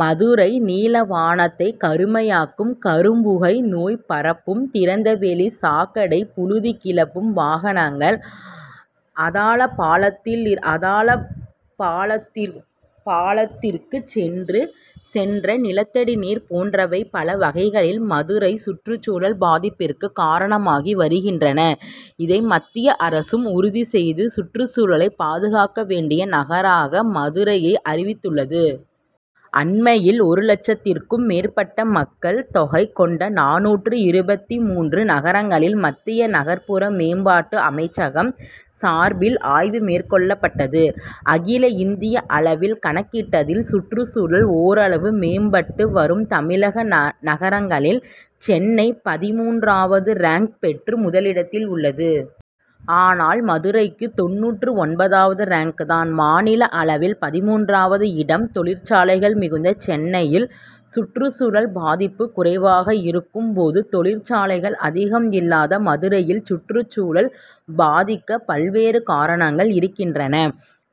மதுரை நீலவானத்தை கருமையாக்கும் கரும்புகை நோய் பரப்பும் திறந்தவெளி சாக்கடை புழுதி கிளப்பும் வாகனங்கள் அதலபாதாளத்திற்கு சென்ற நிலத்தடி நீர் போன்றவை பல வகைகளில் மதுரை சுற்றுச்சூழல் பாதிப்பிற்கு காரணமாகி வருகின்றன. இதை மத்திய அரசும் உறுதி செய்து சுற்றுச்சூழலை பாதுகாக்க வேண்டிய நகராக மதுரையை அறிவித்துள்ளது. அண்மையில் ஒரு லட்சத்திற்கும் மேற்பட்ட மக்கள் தொகை கொண்ட நானூற்று இருபத்து மூன்று நகரங்களில் மத்திய நகர்ப்புற மேம்பாட்டு அமைச்சகம் சார்பில் ஆய்வு மேற்கொள்ளப்பட்டது. அகில இந்திய அளவில் கணக்கிட்டதில் சுற்றுச்சூழல் ஓரளவு மேம்பட்டு வரும் தமிழக நகரங்களில் சென்னை பதின்மூன்றாவது ரேங்க் பெற்று முதலிடத்தில் உள்ளது. ஆனால் மதுரைக்கு தொண்ணூற்றொன்பதாவது ரேங்க் தான். மாநில அளவில் பதின்மூன்றாவது இடம். தொழிற்சாலைகள் மிகுந்த சென்னையில் சுற்றுச்சூழல் பாதிப்பு குறைவாக இருக்கும் போது தொழிற்சாலைகள் அதிகம் இல்லாத மதுரையில் சுற்றுச்சூழல் பாதிக்க பல்வேறு காரணங்கள் இருக்கின்றன.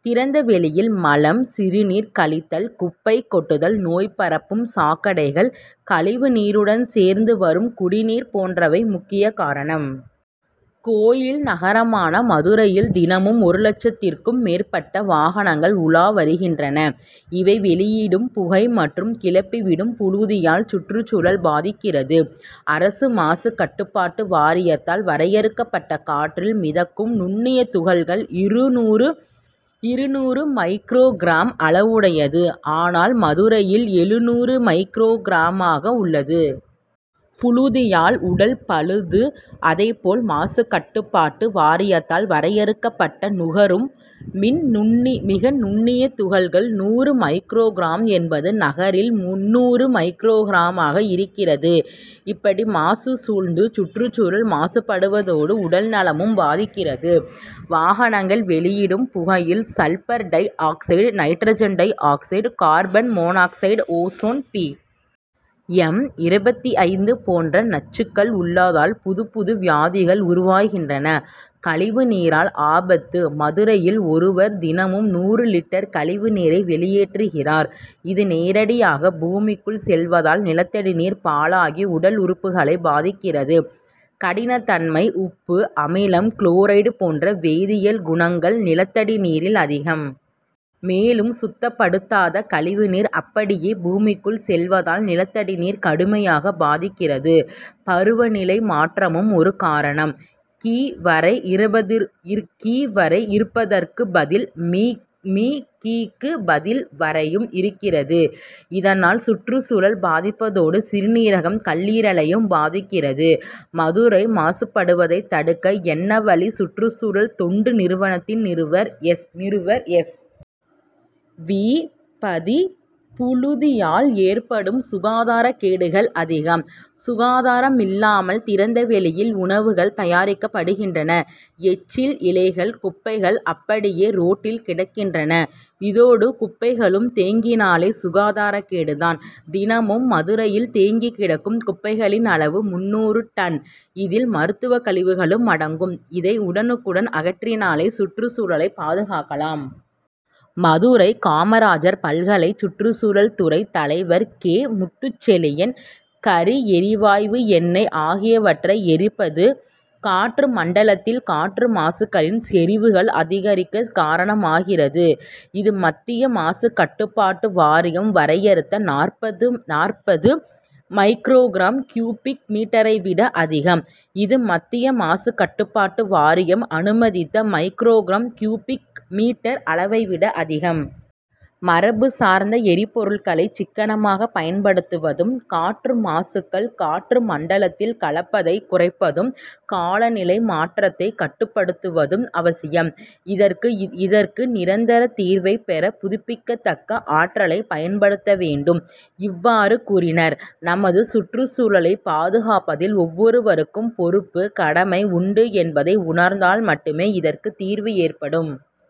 திறந்தவெளியில் மலம் சிறுநீர் கழித்தல் குப்பை கொட்டுதல் நோய்பரப்பும் சாக்கடைகள் கழிவுநீருடன் சேர்ந்து வரும் குடிநீர் போன்றவை முக்கிய காரணம். கோயில் நகரமான மதுரையில் தினமும் ஒரு லட்சத்திற்கும் மேற்பட்ட வாகனங்கள் உலா வருகின்றன. இவை வெளியிடும் புகை மற்றும் கிளப்பிவிடும் புழுதியால் சுற்றுச்சூழல் பாதிக்கிறது. அரசு மாசுக்கட்டுப்பாட்டு வாரியத்தால் வரையறுக்கப்பட்ட காற்றில் மிதக்கும் நுண்ணிய துகள்கள் இருநூறு மைக்ரோகிராம் அளவுடையது. ஆனால் மதுரையில் எழுநூறு மைக்ரோகிராமாக உள்ளது. புழுதியால் உடல் பழுது அதேபோல் மாசுக்கட்டுப்பாட்டு வாரியத்தால் வரையறுக்கப்பட்ட நுகரும் மிக நுண்ணிய துகள்கள் நூறு மைக்ரோகிராம் என்பது நகரில் முந்நூறு மைக்ரோகிராமாக இருக்கிறது. இப்படி மாசு சூழ்ந்து சுற்றுச்சூழல் மாசுப்படுவதோடு உடல்நலமும் பாதிக்கிறது. வாகனங்கள் வெளியிடும் புகையில் sulphur dioxide nitrogen dioxide carbon monoxide ozone P. M. இருபத்தைந்து போன்ற நச்சுக்கள் உள்ளதால் புதுப்புது வியாதிகள் உருவாகின்றன. கழிவுநீரால் ஆபத்து மதுரையில் ஒருவர் தினமும் நூறு லிட்டர் கழிவுநீரை வெளியேற்றுகிறார். இது நேரடியாக பூமிக்குள் செல்வதால் நிலத்தடி நீர் பாழாகி உடல் உறுப்புகளை பாதிக்கிறது. கடினத்தன்மை உப்பு அமிலம் குளோரைடு போன்ற வேதியியல் குணங்கள் நிலத்தடி நீரில் அதிகம். மேலும் சுத்தப்படுத்தாத கழிவுநீர் அப்படியே பூமிக்குள் செல்வதால் நிலத்தடி நீர் கடுமையாக பாதிக்கிறது. பருவநிலை மாற்றமும் ஒரு காரணம். கி. வரை இருப்பதற்கு பதில் மி. கி.க்கு பதில் வரையும் இருக்கிறது. இதனால் சுற்றுச்சூழல் பாதிப்பதோடு சிறுநீரகம் கல்லீரலையும் பாதிக்கிறது. மதுரை மாசுபடுவதை தடுக்க என்ன வழி சுற்றுச்சூழல் தொண்டு நிறுவனத்தின் நிறுவனர் எஸ். வி. பதி புழுதியால் ஏற்படும் சுகாதாரக்கேடுகள் அதிகம். சுகாதாரமில்லாமல் திறந்தவெளியில் உணவுகள் தயாரிக்கப்படுகின்றன. எச்சில் இலைகள் குப்பைகள் அப்படியே ரோட்டில் கிடக்கின்றன. இதோடு குப்பைகளும் தேங்கினாலே சுகாதாரக்கேடு தான். தினமும் மதுரையில் தேங்கி கிடக்கும் குப்பைகளின் அளவு முந்நூறு டன். இதில் மருத்துவக்கழிவுகளும் அடங்கும். இதை உடனுக்குடன் அகற்றினாலே சுற்றுச்சூழலை பாதுகாக்கலாம். மதுரை காமராஜ் பல்கலை சுற்றுச்சூழல் துறை தலைவர் கே. முத்துச்செழியன் கரி எரிவாயு எண்ணெய் ஆகியவற்றை எரிப்பது காற்று மண்டலத்தில் காற்று மாசுக்களின் செறிவுகள் அதிகரிக்க காரணமாகிறது. இது மத்திய மாசுக்கட்டுப்பாட்டு வாரியம் வரையறுத்த நாற்பது மைக்ரோகிராம் கியூபிக் மீட்டரைவிட அதிகம். இது மத்திய மாசுக்கட்டுப்பாட்டு வாரியம் அனுமதித்த மைக்ரோகிராம் கியூபிக் மீட்டர் அளவைவிட அதிகம். மரபு சார்ந்த எரிபொருட்களை சிக்கனமாக பயன்படுத்துவதும் காற்று மாசுக்கள் காற்று மண்டலத்தில் கலப்பதை குறைப்பதும் காலநிலை மாற்றத்தை கட்டுப்படுத்துவதும் அவசியம். இதற்கு நிரந்தர தீர்வை பெற புதுப்பிக்கத்தக்க ஆற்றலை பயன்படுத்த வேண்டும். இவ்வாறு கூறினர். நமது சுற்றுச்சூழலை பாதுகாப்பதில் ஒவ்வொருவருக்கும் பொறுப்பு கடமை உண்டு என்பதை உணர்ந்தால் மட்டுமே இதற்கு தீர்வு ஏற்படும்.